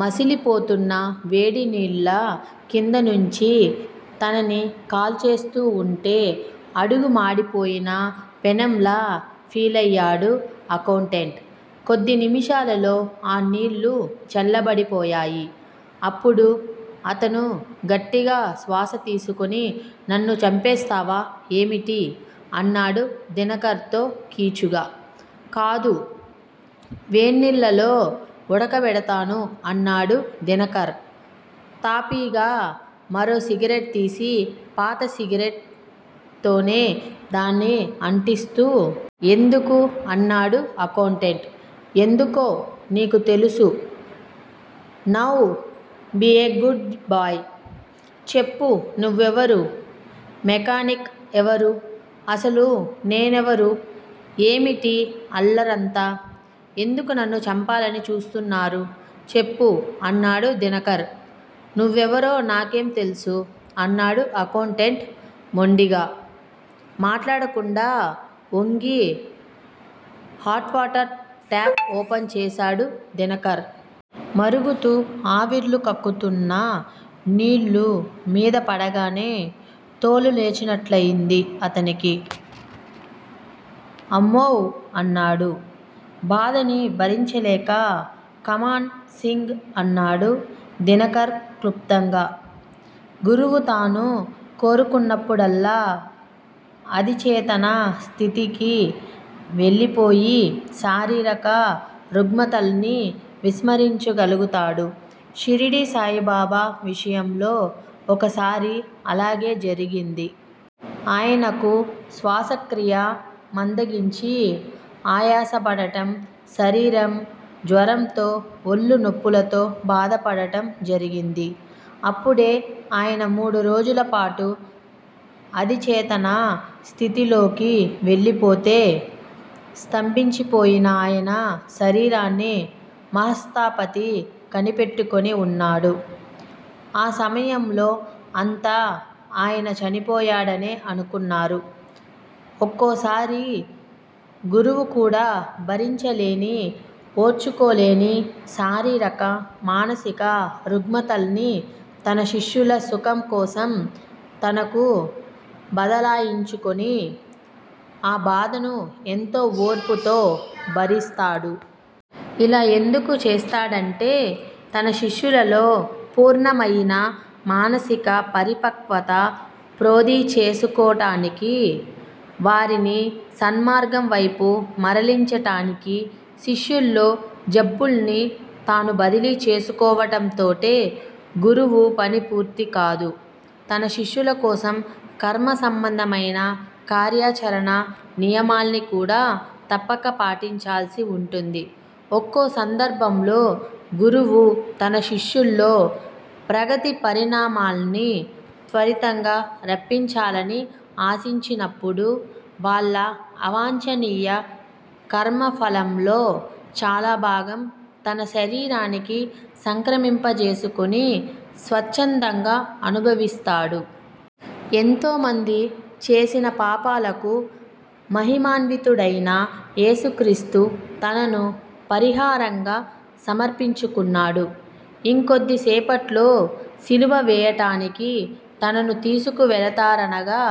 మసిలిపోతున్న వేడినీళ్ళ కిందనుంచి తనని కాల్చేస్తూ వుంటే అడుగు మాడిపోయిన పెనంలా ఫీలయ్యాడు అకౌంటెంట్. కొద్ది నిముషాలలో ఆ నీళ్ళు చల్లబడిపోయాయి. అప్పుడు అతను గట్టిగా శ్వాస తీసుకుని నన్ను చంపేస్తావా ఏమిటి? అన్నాడు దినకర్ తో కీచుగా. కాదు! వేన్నీళ్ళలో ఉడక బెడతాను అన్నాడు దినకర్, తాపీగా మరో సిగరెట్ తీసి, పాత సిగరెట్ తోనే దాన్ని అంటిస్తూ. ఎందుకు? అన్నాడు అకౌంటెంట్. ఎందుకో నీకు తెలుసు! Now! Be a good boy! చెప్పు నువ్వెవరు? మెకానిక్ ఎవరు? అసలు నేనెవరు? ఏమిటీ అల్లరంతా? ఎందుకు నన్ను చంపాలని చూస్తున్నారు? చెప్పు! అన్నాడు దినకర్. నువ్వెవరో నాకేం తెల్సూ? అన్నాడు అకౌంటెంట్ మొండిగా. మాట్లాడకుండా ఒంగి, హాట్ వాటర్ టాప్ ఓపెన్ చేసాడు దినకర్. మరుగుతూ ఆవిర్లు కక్కుతున్న నీళ్ళు మీద పడగానే తోలు లేచినట్లయింది అతనికి. అమ్మోవ్! అన్నాడు బాధని భరించలేక. కమాన్! సింగ్! అన్నాడు దినకర్ క్లుప్తంగా. గురువు తాను కోరుకున్నప్పుడల్లా అధిచేతన స్థితికి వెళ్ళిపోయి, శారీరక రుగ్మతల్ని విస్మరించగలుగుతాడు. షిరిడీ సాయిబాబా విషయంలో, ఒకసారి అలాగే జరిగింది. ఆయనకు శ్వాసక్రియ మందగించి ఆయాసపడటం, శరీరం జ్వరంతో, ఒళ్ళునొప్పులతో బాధపడటం జరిగింది. అప్పుడే ఆయన మూడు రోజులపాటు అధిచేతన స్థితిలోకి వెళ్ళిపోతే, స్తంభించిపోయిన ఆయన శరీరాన్ని మహాశ్సాపతి కనిపెట్టుకొని వున్నాడు. ఆ సమయంలో అంతా ఆయన చనిపోయాడనే అనుకున్నారు. ఒక్కోసారి గురువు కూడా భరించలేని, ఓర్చుకోలేని శారీరక మానసిక రుగ్మతల్ని తన శిష్యుల సుఖం కోసం తనకు బదలాయించుకొని ఆ బాధను ఎంతో ఓర్పుతో భరిస్తాడు. ఇలా ఎందుకు చేస్తాడంటే తన శిష్యులలో పూర్ణమయిన మానసిక పరిపక్వత ప్రోది చేసుకోటానికి, వారిని సన్మార్గం వైపు మరలించటానికి. శిష్యుల్లో జబ్బుల్ని తాను బదిలీ చేసుకోవటంతోటే గురువు పని పూర్తికాదు. తన శిష్యులకోసం కర్మ సంబంధమయిన కార్యాచరణ నియమాల్ని కూడా తప్పక పాటించాల్సి వుంటుంది. ఒక్కో సందర్భంలో గురువు తన శిష్యుల్లో ప్రగతి పరిణామాల్ని త్వరితంగా రప్పించాలని ఆశించినప్పుడు, వాళ్ళ అవాంఛనీయ కర్మఫలంలో చాలా భాగం తన శరీరానికి సంక్రమింపజేసుకొని స్వచ్చందంగా అనుభవిస్తాడు. ఎంతోమంది చేసిన పాపాలకు మహిమాన్వితుడైన ఏసుక్రీస్తు తనను పరిహారంగా సమర్పించుకున్నాడు. ఇంకొద్దిసేపట్లో శిలువ వేయటానికి తనను తీసుకువెళతారనగా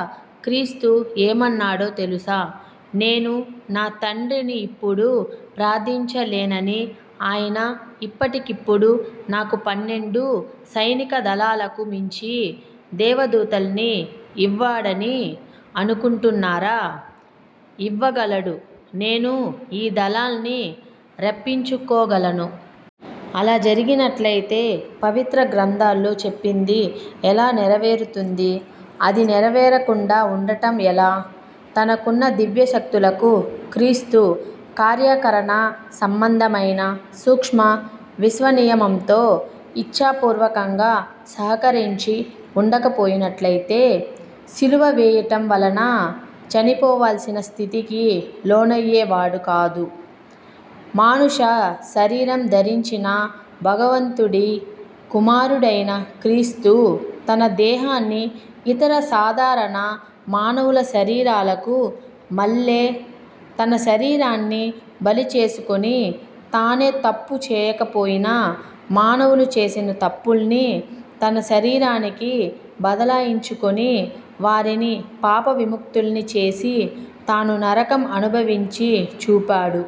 క్రీస్తు ఏమన్నాడో తెలుసా? నేను నా తండ్రిని ఇప్పుడు ప్రార్థించలేనని ఆయన ఇప్పటికిప్పుడు నాకు పన్నెండు సైనికాదళాలకు మించి దేవదూతల్ని యివ్వాడని అనుకుంటున్నారా? ఇవ్వగలడు. నేను ఈ దళాల్ని రప్పించుకోగలను. అలా జరిగినట్లయితే పవిత్ర గ్రంథాల్లో చెప్పింది ఎలా నెరవేరుతుంది అది నెరవేరకుండా వుండటం ఎలా? తనకున్న దివ్యశక్తులకు క్రీస్తు కార్యాకరణ సంబంధమైన సూక్ష్మ విశ్వనియమంతో, ఇచ్ఛాపూర్వకంగా సహకరించి వుండకపోయినట్లయితే, శిలువ వేయటం వలన చనిపోవాల్సిన స్థితికి లోనయ్యేవాడు కాదు. మానుష శరీరం ధరించిన భగవంతుడి కుమారుడైన క్రీస్తు తన దేహాన్ని ఇతర సాధారణ మానవుల శరీరాలకు మల్లే తన శరీరాన్ని బలి చేసుకొని, తానే తప్పూ చేయకపోయినా మానవులు చేసిన తప్పుల్ని తన శరీరానికి బదలాయించుకొని, వారిని పాపవిముక్తుల్ని చేసి తాను నరకం అనుభవించి చూపాడు.